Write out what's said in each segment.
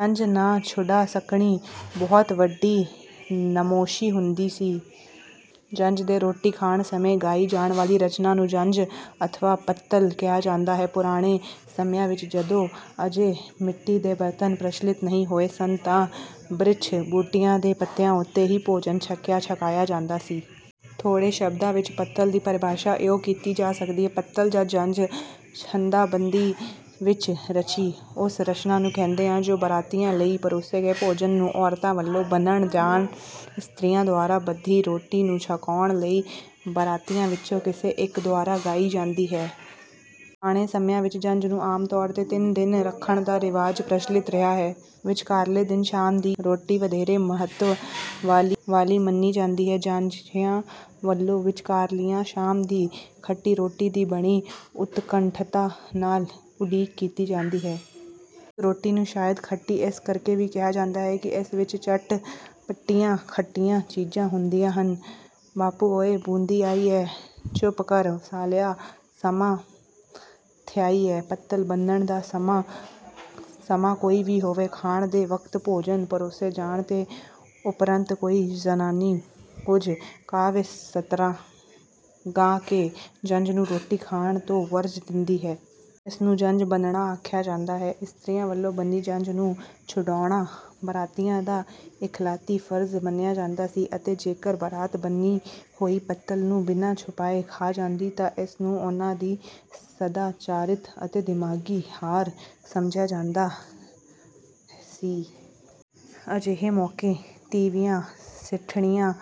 ਜੰਞ ਨਾ ਛੁਡਾ ਸਕਣੀ ਬਹੁਤ ਵੱਡੀ ਨਮੋਸ਼ੀ ਹੁੰਦੀ ਸੀ। ਜੰਞ ਦੇ ਰੋਟੀ ਖਾਣ ਸਮੇਂ ਗਾਈ ਜਾਣ ਵਾਲੀ ਰਚਨਾ ਨੂੰ ‘ਜੰਞ’ ਅਥਵਾ ‘ਪੱਤਲ’ ਕਿਹਾ ਜਾਂਦਾ ਹੈ। ਪੁਰਾਣੇ ਸਮਿਆਂ ਵਿੱਚ, ਜਦੋਂ ਅਜੇ ਮਿੱਟੀ ਦੇ ਬਰਤਨ ਪ੍ਰਚਲਿਤ ਨਹੀਂ ਹੋਏ ਸਨ, ਤਾਂ ਬ੍ਰਿਛ-ਬੂਟਿਆਂ ਦੇ ਪੱਤਿਆਂ ਉੱਤੇ ਹੀ ਭੋਜਨ ਛਕਿਆ-ਛਕਾਇਆ ਜਾਂਦਾ ਸੀ। ਥੋੜ੍ਹੇ ਸ਼ਬਦਾਂ ਵਿੱਚ ਪੱਤਲ ਦੀ ਪਰਿਭਾਸ਼ਾ ਇਉਂ ਕੀਤੀ ਜਾ ਸਕਦੀ ਹੈ ਪੱਤਲ ਜਾਂ ਜੰਞ, ਛੰਦਾਬੰਦੀ ਵਿੱਚ ਰਚੀ ਉਸ ਰਚਨਾ ਨੂੰ ਕਹਿੰਦੇ ਹਨ, ਜੋ ਬਰਾਤੀਆਂ ਲਈ ਪਰੋਸੇ ਗਏ ਭੋਜਨ ਨੂੰ ਔਰਤਾਂ ਵੱਲੋਂ ਬੰਨ੍ਹਣ ਜਾਂ ਇਸਤਰੀਆਂ ਦੁਆਰਾ ਬੱਧੀ ਰੋਟੀ ਨੂੰ ਛੁਕਾਉਣ ਲਈ ਬਰਾਤੀਆਂ ਵਿੱਚੋਂ ਕਿਸੇ ਇੱਕ ਦੁਆਰਾ ਗਾਈ ਜਾਂਦੀ ਹੈ। ਪੁਰਾਣੇ ਸਮਿਆਂ ਵਿੱਚ ਜੰਞ ਨੂੰ ਆਮ ਤੌਰ ’ਤੇ ਤਿੰਨ ਦਿਨ ਰੱਖਣ ਦਾ ਰਿਵਾਜ ਪ੍ਰਚਲਿਤ ਰਿਹਾ ਹੈ। ਵਿਚਕਾਰਲੇ ਦਿਨ ਸ਼ਾਮ ਦੀ ਰੋਟੀ ਵਧੇਰੇ ਮਹੱਤਵ ਵਾਲੀ ਮੰਨੀ ਜਾਂਦੀ ਹੈ। ਜਾਂਞੀਆਂ ਵੱਲੋਂ ਵਿਚਕਾਰਲੀ ਸ਼ਾਮ ਦੀ ‘ਖੱਟੀ ਰੋਟੀ’ ਦੀ ਬੜੀ ਉਤਕੰਠਤਾ ਨਾਲ ਉਡੀਕ ਕੀਤੀ ਜਾਂਦੀ ਹੈ। ਇਸ ਰੋਟੀ ਨੂੰ ਸ਼ਾਇਦ ਖੱਟੀ’ ਇਸ ਕਰਕੇ ਵੀ ਕਿਹਾ ਜਾਂਦਾ ਹੈ ਕਿ ਇਸ ਵਿੱਚ ਚਟ-ਪੱਟੀਆਂ ਖੱਟੀਆਂ ਚੀਜ਼ਾਂ ਹੁੰਦੀਆਂ ਹਨ ਬਾਪੂ ਓਏ! ਬੂੰਦੀ ਆਈ ਐ, ਚੁੱਪ ਕਰ ਸਾਲਿਆ, ਮਸਾ ਥਿਆਈ ਐ। ਪੱਤਲ ਬੰਨ੍ਹਣ ਦਾ ਸਮਾਂ ਸਮਾਂ ਕੋਈ ਵੀ ਹੋਵੇ, ਖਾਣ ਦੇ ਵਕਤ ਭੋਜਨ ਪਰੋਸੇ ਜਾਣ ਤੋਂ ਉਪਰੰਤ ਕੋਈ ਜ਼ਨਾਨੀ ਕੁਝ ਕਾਵਿ-ਸਤਰਾਂ ਗਾ ਕੇ ਜੰਞ ਨੂੰ ਰੋਟੀ ਖਾਣ ਤੋਂ ਵਰਜ ਦਿੰਦੀ ਹੈ। ਇਸ ਨੂੰ ‘ਜੰਞ ਬੰਨ੍ਹਣਾ’ ਆਖਿਆ ਜਾਂਦਾ ਹੈ। ਇਸਤਰੀਆਂ ਵੱਲੋਂ ਬੰਨ੍ਹੀ ਜੰਞ ਨੂੰ ਛੁਡਾਉਣਾ ਬਰਾਤੀਆਂ ਦਾ ਇਖਲਾਕੀ ਫ਼ਰਜ਼ ਮੰਨਿਆ ਜਾਂਦਾ ਸੀ ਅਤੇ ਜੇਕਰ ਬਰਾਤ ਬੰਨ੍ਹੀ ਹੋਈ ਪੱਤਲ ਨੂੰ ਬਿਨਾਂ ਛੁਡਾਏ ਖਾ ਜਾਂਦੀ ਤਾਂ ਇਸ ਨੂੰ ਉਨ੍ਹਾਂ ਦੀ ਸਦਾਚਾਰਿਕ ਅਤੇ ਦਿਮਾਗੀ ਹਾਰ ਸਮਝਿਆ ਜਾਂਦਾ ਸੀ। ਅਜਿਹੇ ਮੌਕੇ ਤੀਵੀਆਂ ਸਿੱਠਣੀਆਂ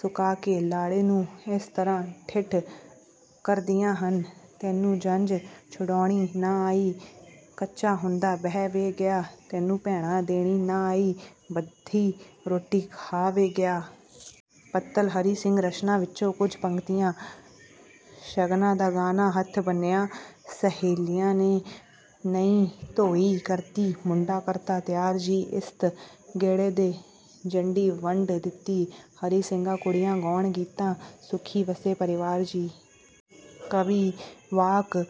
ਸੁਣਾ ਕੇ ਲਾੜੇ ਨੂੰ ਇਸ ਤਰ੍ਹਾਂ ਠਿੱਠ ਕਰਦੀਆਂ ਹਨ: “ਤੈਨੂੰ ਜੰਞ ਛੁਡਾਉਣੀ ਨਾ ਆਈ, ਕੱਚਾ ਹੁੰਦਾ ਬਹਿ ਵੇ ਗਿਆ। ਤੈਨੂੰ ਭੈਣਾਂ ਦੇਣੀ ਨਾ ਆਈ, ਬੱਧੀ ਰੋਟੀ ਖਾ ਵੇ ਗਿਆ।” ਪੱਤਲ ਹਰੀ ਸਿੰਘ ਰਚਨਾ ਵਿੱਚੋਂ ਕੁਝ ਪੰਕਤੀਆਂ: “ਸ਼ਗਨਾਂ ਦਾ ਗਾਨਾ, ਹੱਥ ਬੰਨ੍ਹਿਆਂ ਸ਼ਹੇਲੀਆਂ ਨੇ। ਨਈਂ ਧੋਈ ਕਰਤੀ, ਮੁੰਡਾ ਕਰਤਾ ਤਿਆਰ ਜੀ। ਇਸਤ ਗੇੜੇ ਦੇ ਜੰਡੀ ਵੱਢ ਦਿੱਤੀ, ਹਰੀ ਸਿੰਘਾ ਕੁੜੀਆਂ ਗਾਉਣ ਗੀਤ। ਸੁਖੀ ਵਸੇ ਪਰਿਵਾਰ ਜੀ।” ਕਈ ਵਾਰ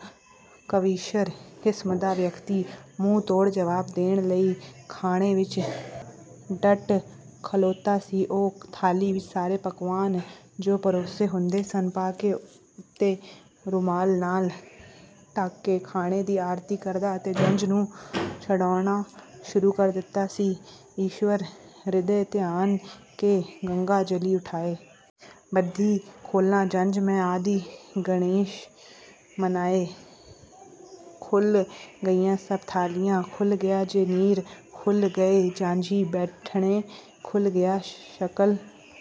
ਕਵੀਸ਼ਰ ਕਿਸਮ ਦਾ ਵਿਅਕਤੀ ਮੂੰਹ-ਤੋੜ ਜਵਾਬ ਦੇਣ ਲਈ ਖਾੜੇ ਵਿੱਚ ਡਟ ਖਲੋਤਾ ਸੀ। ਉਹ ਥਾਲੀ ਵਿੱਚ ਸਾਰੇ ਪਕਵਾਨ, ਜੋ ਪਰੋਸੇ ਹੁੰਦੇ ਸਨ, ਪਾ ਕੇ ਉੱਤੋਂ ਰੁਮਾਲ ਨਾਲ ਢੱਕ ਕੇ ਖਾਣੇ ਦੀ ਆਰਤੀ ਕਰਦਾ ਅਤੇ ਜੰਞ ਨੂੰ ਛੁਡਾਉਣਾ ਸ਼ੁਰੂ ਕਰ ਦਿੰਦਾ ਸੀ: “ਈਸ਼ਵਰ ਰਿਦੇ ਧਿਆਨ ਕੇ, ਗੰਗਾ ਜਲੀ ਉਠਾਏ। ਬੱਧੀ ਖੋਲਾਂ ਜੰਞ ਮੈਂ, ਆਦਿ ਗਣੇਸ਼ ਮਨਾਏ। ਖੁੱਲ੍ਹ ਗਈਆਂ ਸਭ ਥਾਲੀਆਂ, ਖੁੱਲ੍ਹ ਗਿਆ ਜੇ ਨੀਰ। ਖੁੱਲ੍ਹ ਗਏ ਜਾਂਞੀ ਬੈਠੜੇ, ਖੁੱਲ੍ਹ ਗਿਆ ਸ਼ਕਲ...”